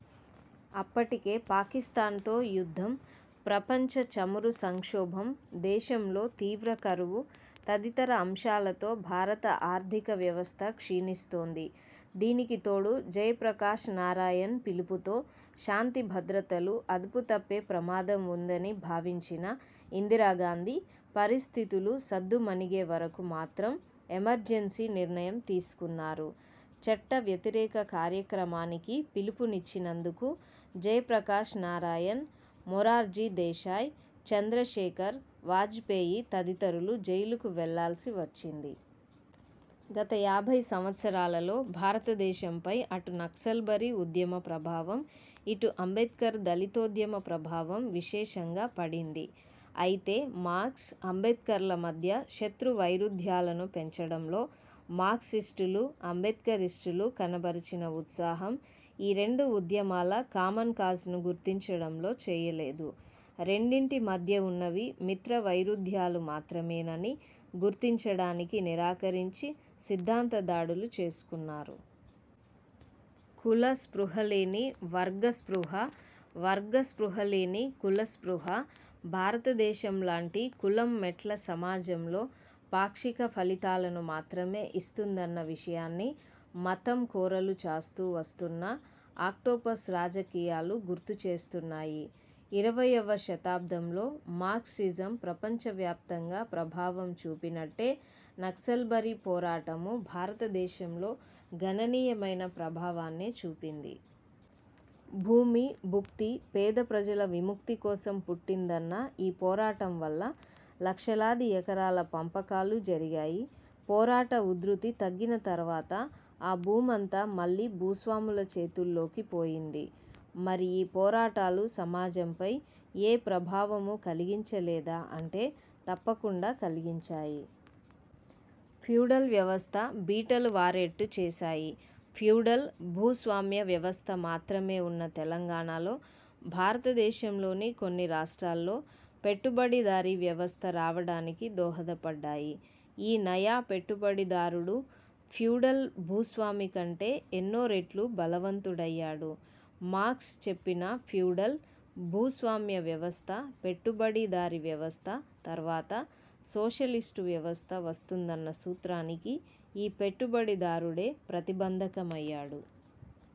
అప్పటికే, పాకిస్థాన్తో యుద్ధం, 'ప్రపంచ చమురు సంక్షోభం', దేశంలో తీవ్ర కరువు తదితర అంశాలతో భారత ఆర్థిక వ్యవస్థ క్షీణిస్తోంది. దీనికితోడు, జయప్రకాష్ నారాయణ్ పిలుపుతో శాంతిభద్రతలు అదుపు తప్పే ప్రమాదం వుందని భావించిన ఇందిరాగాంధీ పరిస్థితులు సద్దుమణిగేవరకు మాత్రమే ఎమర్జెన్సీ నిర్ణయం తీసుకున్నారు. చట్టవ్యతిరేక కార్యక్రమానికి పిలుపునిచ్చినందుకు జయప్రకాష్ నారాయణ్, మొరార్జీ దేశాయ్, చంద్రశేఖర్, వాజపేయి తదితరులు జైలుకు వెళ్ళాల్సివచ్చింది. గత యాభై సంవత్సరాలలో భారతదేశంపై అటు నక్సల్బరి ఉద్యమ ప్రభావం, ఇటు అంబేద్కర్ దళితోద్యమ ప్రభావం విశేషంగా పడింది. అయితే మార్క్స్, అంబేద్కర్ల మధ్య శత్రువైరుధ్యాలను పెంచడంలో మార్క్సిస్టులు, అంబేద్కరిస్టులు కనబరిచిన ఉత్సాహం ఈ రెండు ఉద్యమాల కామన్కాజ్ను గుర్తించడంలో చేయలేదు. రెండింటి మధ్య ఉన్నవి మిత్రవైరుధ్యాలు మాత్రమేనని గుర్తించడానికి నిరాకరించి సిద్ధాంత దాడులు చేసుకున్నారు. కుల స్పృహలేని వర్గ స్పృహ, వర్గ స్పృహ లేని కుల స్పృహ భారతదేశంలాంటి కులం మెట్ల సమాజంలో పాక్షిక ఫలితాలను మాత్రమే ఇస్తుందన్న విషయాన్ని, మతం కోరలు చాస్తూ వస్తున్న ఆక్టోపస్ రాజకీయాలు గుర్తుచేస్తున్నాయి. ఇరవయ్యవ శతాబ్దంలో మార్క్సిజం ప్రపంచవ్యాప్తంగా ప్రభావం చూపినట్టే నక్సల్బరీ పోరాటం భారతదేశంలో గణనీయమైన ప్రభావాన్నే చూపింది. భూమి, భుక్తి, పేద ప్రజల విముక్తి కోసం పుట్టిందన్న ఈ పోరాటం వల్ల లక్షలాది ఎకరాల పంపకాలూ జరిగాయి. పోరాట ఉధృతి తగ్గినతర్వాత ఆ భూమంతా మళ్ళీ భూస్వాముల చేతుల్లోకి పోయింది. మరి, ఈ పోరాటాలు సమాజంపై ఏ ప్రభావమూ కలిగించ లేదా అంటే తప్పకుండా కల్గించాయి. ఫ్యూడల్ వ్యవస్థ బీటలు వారేట్టు చేసాయి. ఫ్యూడల్, భూస్వామ్య వ్యవస్థ మాత్రమే ఉన్న తెలంగాణలో, భారతదేశంలోని కొన్ని రాష్ట్రాల్లో పెట్టుబడిదారీ వ్యవస్థ రావడానికి దోహదపడ్డాయి. ఈ నయా పెట్టుబడిదారుడు ఫ్యూడల్ భూస్వామికంటే ఎన్నో రెట్లు బలవంతుడయ్యాడు. మార్క్స్ చెప్పిన ఫ్యూడల్, భూస్వామ్య వ్యవస్థ, పెట్టుబడిదారీ వ్యవస్థ తర్వాత సోషలిస్టు వ్యవస్థ వస్తుందన్న సూత్రానికి ఈ పెట్టుబడి దారుడే ప్రతిబంధకమయ్యాడు.